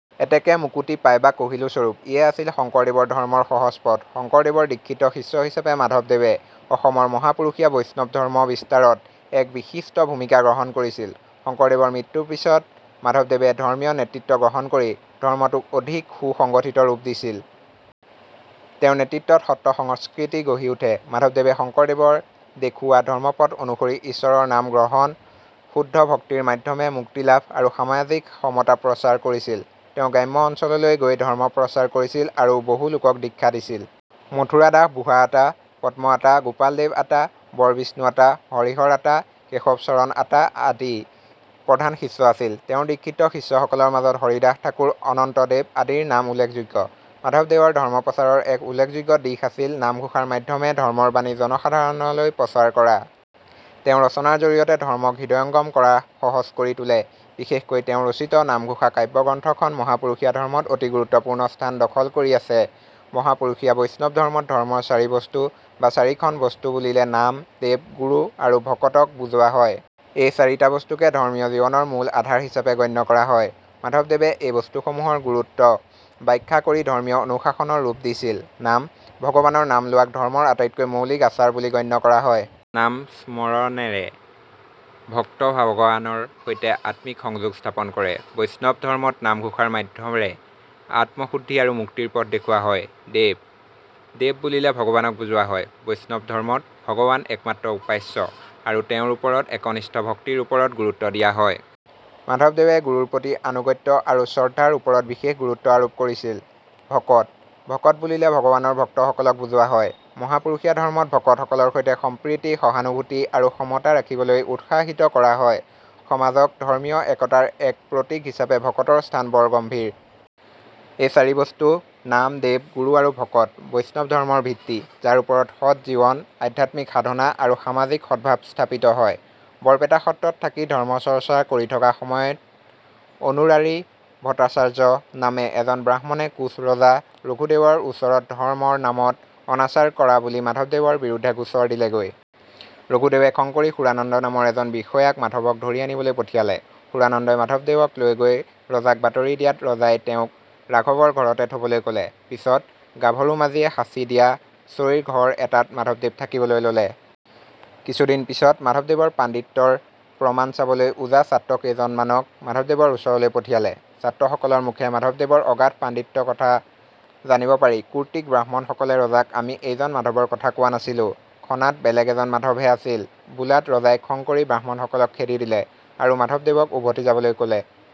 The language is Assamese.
এতেকে মুকুতি পাইবা কহিলো স্বৰূপ।। '' ইয়ে আছিল শংকৰদেৱৰ ধৰ্মৰ সহজ পথ। শংকৰদেৱ ৰ দীক্ষিত শিষ্য হিচাপে মাধৱদেৱে অসমৰ মহাপুৰুষীয়া বৈষ্ণৱ ধৰ্ম বিস্তাৰত এক বিশিষ্ট ভূমিকা গ্ৰহণ কৰিছিল। শংকৰদেৱৰ মৃত্যুৰ পিছত মাধৱদেৱে ধৰ্মীয় নেতৃত্ব গ্ৰহণ কৰি ধৰ্মটোক অধিক সুসংগঠিত ৰূপ দিছিল। তেওঁৰ নেতৃত্বত সত্ৰ সংস্কৃতি গঢ়ি উঠে। মাধৱদেৱে শংকৰদেৱৰ দেখুৱোৱা ধৰ্মপথ অনুসৰি ঈশ্বৰৰ নাম গ্ৰহণ, শুদ্ধ ভক্তিৰ মাধ্যমে মুক্তিলাভ আৰু সামাজিক সমতা প্ৰচাৰ কৰিছিল। তেওঁ গ্ৰাম্য অঞ্চললৈ গৈ ধৰ্ম প্ৰচাৰ কৰিছিল আৰু বহু লোকক দীক্ষা দিছিল। মথুৰা দাস বুঢ়া আতা, পদ্ম আতা ,গোপালদেৱ আতা, বৰবিষ্ণু আতা, হৰিহৰ আতা, কেশৱচৰণ আতা আদি প্ৰধান শিষ্য আছিল। তেওঁৰ দীক্ষিত শিষ্যসকলৰ মাজত হৰিদাস ঠাকুৰ, অনন্ত দেৱ আদিৰ নাম উল্লেখযোগ্য। মাধৱদেৱৰ ধৰ্ম প্ৰচাৰৰ এক উল্লেখযোগ্য দিশ আছিল নামঘোষাৰ মাধ্যমে ধৰ্মৰ বাণী জনসাধাৰণলৈ প্ৰচাৰ কৰা। তেওঁ ৰচনাৰ জৰিয়তে ধৰ্মক হৃদয়ঙ্গম কৰা সহজ কৰি তোলে। বিশেষকৈ তেওঁৰ ৰচিত নামঘোষা কাব্যগ্ৰন্থখন মহাপুৰুষীয়া ধৰ্মত অতি গুৰুত্বপূৰ্ণ স্থান দখল কৰি আছে। মহাপুৰুষীয়া বৈষ্ণৱ ধৰ্মত "ধৰ্মৰ চাৰি বস্তু" বা "চাৰিখন বস্তু" বুলিলে নাম, দেৱ, গুৰু আৰু ভকতক বুজোৱা হয়। এই চাৰিটা বস্তুকে ধৰ্মীয় জীৱনৰ মূল আধাৰ হিচাপে গণ্য কৰা হয়। মাধৱদেৱে এই বস্তুসমূহৰ গুৰুত্ব ব্যাখ্যা কৰি ধৰ্মীয় অনুশাসনৰ ৰূপ দিছিল। নাম: ভগৱানৰ নাম লোৱাক ধৰ্মৰ আটাইতকৈ মৌলিক আচাৰ বুলি গণ্য কৰা হয়। নাম-স্মৰণেৰে ভক্ত ভগৱানৰ সৈতে আত্মিক সংযোগ স্থাপন কৰে। বৈষ্ণৱ ধৰ্মত নাম-ঘোষাৰ মাধ্যৰে আত্মশুদ্ধি আৰু মুক্তিৰ পথ দেখুওৱা হয়। দেৱ: দেৱ বুলিলে ভগৱানক বুজোৱা হয়। বৈষ্ণৱ ধৰ্মত ভগৱান একমাত্ৰ উপাস্য, আৰু তেওঁৰ ওপৰত একনিষ্ঠ ভক্তিৰ ওপৰত গুৰুত্ব দিয়া হয়। মাধৱদেৱে গুৰুৰ প্ৰতি আনুগত্য আৰু শ্ৰদ্ধাৰ ওপৰত বিশেষ গুৰুত্ব আৰোপ কৰিছিল। ভকত: ভকত বুলিলে ভগৱানৰ ভক্তসকলক বুজোৱা হয়। মহাপুৰুষীয়া ধৰ্মত ভকতসকলৰ সৈতে সম্প্ৰীতি, সহানুভূতি আৰু সমতা ৰাখিবলৈ উৎসাহিত কৰা হয়। সমাজত ধৰ্মীয় একতাৰ এক প্ৰতীক হিচাপে ভকতৰ স্থান বৰগম্ভীৰ। এই চাৰি বস্তু — নাম, দেৱ, গুৰু আৰু ভকত — বৈষ্ণৱ ধৰ্মৰ ভিত্তি, যাৰ ওপৰত সৎ জীৱন, আধ্যাত্মিক সাধনা আৰু সামাজিক সদভাৱ স্থাপিত হয়। বৰপেটা সত্ৰত থাকি ধৰ্মচৰ্চা কৰি থকা সময়ত অসুৰাৰি ভট্টাচাৰ্য নামে এজন ব্ৰাহ্মণে কোচ ৰজা ৰঘুদেৱৰ ওচৰত ধৰ্মৰ নামত অনাচাৰ কৰা বুলি মাধৱদেৱৰ বিৰুদ্ধে গোচৰ দিলেগৈ। ৰঘুদেৱে খং কৰি সুৰানন্দ নামৰ এজন বিষয়াক মাধৱক ধৰি আনিবলৈ পঠিয়ালে। সুৰানন্দই মাধৱদেৱক লৈ গৈ ৰজাক বাতৰি দিয়াত ৰজাই তেওঁক ৰাঘৱৰ ঘৰতে থ'বলৈ ক'লে। পিছত গাভৰু মাঝিয়ে সাজি দিয়া চৈৰ ঘৰ এটাত মাধৱদেৱ থাকিবলৈ ল'লে। কিছুদিন পিছত মাধৱদেৱৰ পাণ্ডিত্যৰ প্ৰমাণ চাবলৈ ওজা ছাত্ৰ কেইজনমানক মাধৱদেৱৰ ওচৰলৈ পঠিয়ালে। ছাত্ৰসকলৰ মুখে মাধৱদেৱৰ অগাধ পাণ্ডিত্য কথা জানিব পাৰি কুতৰ্কী ব্ৰাহ্মণসকলে ৰজাক "আমি এইজন মাধৱৰ কথা কোৱা নাছিলোঁ, খনাত বেলেগ এজন মাধৱহে আছিল'' বোলাত ৰজাই খং কৰি ব্ৰাহ্মণসকলক খেদি দিলে আৰু মাধৱদেৱক উভতি যাবলৈ ক'লে।